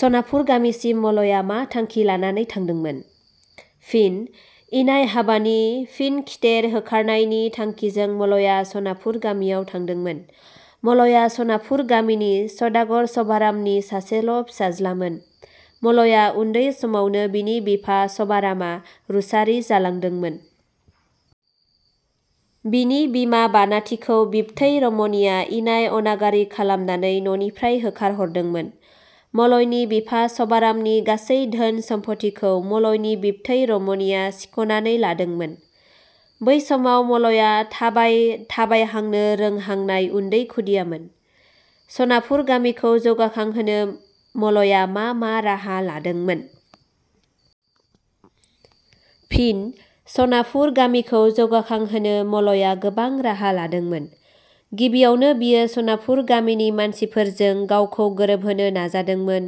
सनापुर गामिसिम मलया मा थांखि लानानै थांदोंमोन? फिनः इनाय हाबानि फिन खिथेर होखारनायनि थांखिजों मलया सनापुर गामियाव थांदोंमोन। मलया सनापुर गामिनि सदागर सभारामनि सासेल' फिसाज्लामोन। मलया उन्दै समावनो बिनि बिफा सभारामआ रुसारि जालांदोंमोन। बिनि बिमा बानाथिखौ बिबथै रमनिया इनाय अनागारि खालामनानै न'निफ्राय होखारहरदोंमोन। मलयनि बिफा सभारामनि गासै धोन सम्फथिखौ मलयनि बिबथै रमनिया सिखनानै लादोंमोन। बै समाव मलया थाबाय थाबायहांनो रोंहांनाय उन्दै खुदियामोन। सनापुर गामिखौ जौगाखांहोनो मलया मा मा राहा लादोंमोन? फिनः सनापुर गामिखौ जौगाखांहोनो मलया गोबां राहा लादोंमोन। गिबियावनो बियो सनापुर गामिनि मानसिफोरजों गावखौ गोरोबहोनो नाजादोंमोन।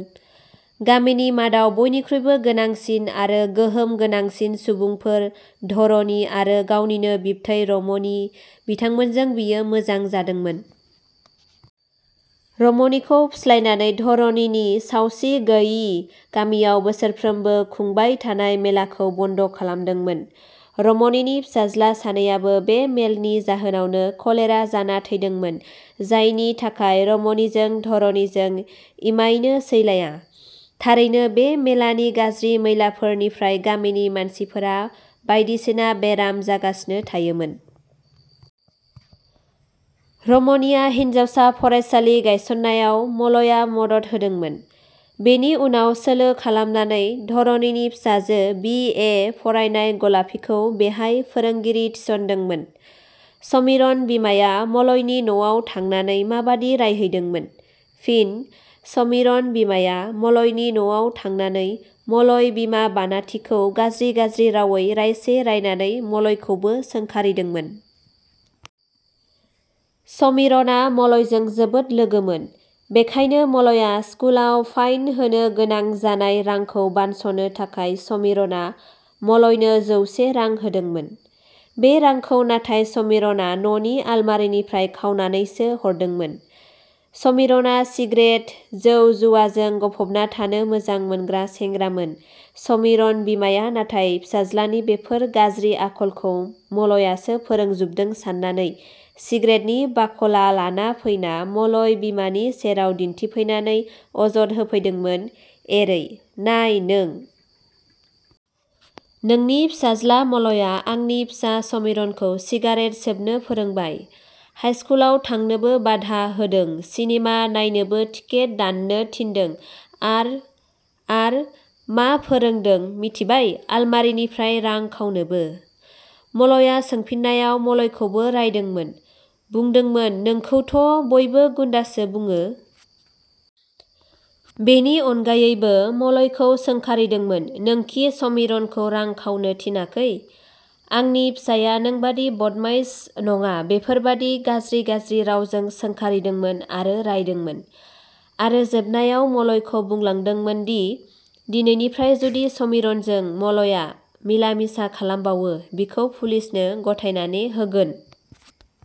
गामिनि मादाव बयनिखुइबो गोनांसिन आरो गोहोम गोनांसिन सुबुंफोर धरनि आरो गावनिनो बिबथै रमनि, बिथांमोनजों बियो मोजां जादोंमोन। रमनिखौ फुस्लायनानै धरनिनि सावसि गैयि गामियाव बोसोरफ्रोमबो खुंबायथानाय मेलाखौ बन्द खालामदोंमोन। रमनिनि फिसाज्ला सानैयाबो बे मेलनि जाहोनावनो कलेरा जाना थैदोंमोन जायनि थाखाय रमनिजों धरनिजों इमायनो सैलाया। थारैनो बे मेलानि गाज्रि मैलाफोरनिफ्राय गामिनि मानसिफोरा बायदिसिना बेराम जागासिनो थायोमोन। रमनिया हिनजावसा फरायसालि गायसननायाव मलया मदद होदोंमोन। बेनि उनाव सोलो खालामनानै धरनिनि फिसाजो बि. ए. फरायनाय गलापीखौ बेहाय फोरोंगिरि थिसनदोंमोन। समिरन बिमाया मलयनि न'आव थांनानै माबादि रायहैदोंमोन? फिनः समिरन बिमाया मलयनि न 'आव थांनानै मलय बिमा बानाथिखौ गाज्रि गाज्रि रावै रायसे रायनानै मलयखौबो सोंखारिदोंमोन। समिरनआ मलयजों जोबोद लोगोमोन। बेखायनो मलया स्कुलाव फाइन होनो गोनां जानाय रांखौ बानस 'नो थाखाय समिरनआ मलयनो जौसे रां होदोंमोन। बे रांखौ नाथाय समिरनआ न 'नि आलमारिनिफ्राय खावनानैसो हरदोंमोन। समिरनआ सिग्रेत, जौ जुवाजों गफबना थानो मोजां मोनग्रा सेंग्रामोन समिरन बिमाया नाथाय फिसाज्लानि बेफोर गाज्रि आखलखौ मलयासो फोरोंजुबदों साननानै सिग्रेतनि बाखला लाना फैना मलय बिमानि सेराव दिन्थिफैनानै अजद होफैदोंमोन एरै- "नाय नों। नोंनि फिसाज्ला मलया आंनि फिसा समिरनखौ सिगारेट सोबनो फोरोंबाय, हाइस्कुलाव थांनोबो बाधा होदों सिनेमा नायनोबो टिकेट दाननो थिन्दों आर… आर…. मा. फोरोंदों मिन्थिबाय आलमारिनिफ्राय रां खावनोबो"। मलया सोंफिननायाव मलयखौबो रायदोंमोन। बुंदोंमोन नोंखौथ' बयबो गुन्दासो बुङो। बेनि अनगायैबो मलयखौ सोंखारिदोंमोन "नोंखि समिरनखौ रां खावनो थिनाखै? आंनि फिसाया नोंबादि बदमाइस नङा बेफोरबादि गाज्रि गाज्रि रावजों सोंखारिदोंमोन आरो रायदोंमोन। आरो जोबनायाव मलयखौ बुंलांदोंमोनदि "दिनैनिफ्राय जुदि समिरनजों मलया मिला मिसा खालामबावो बिखौ पुलिसनो गथायनाने होगोन।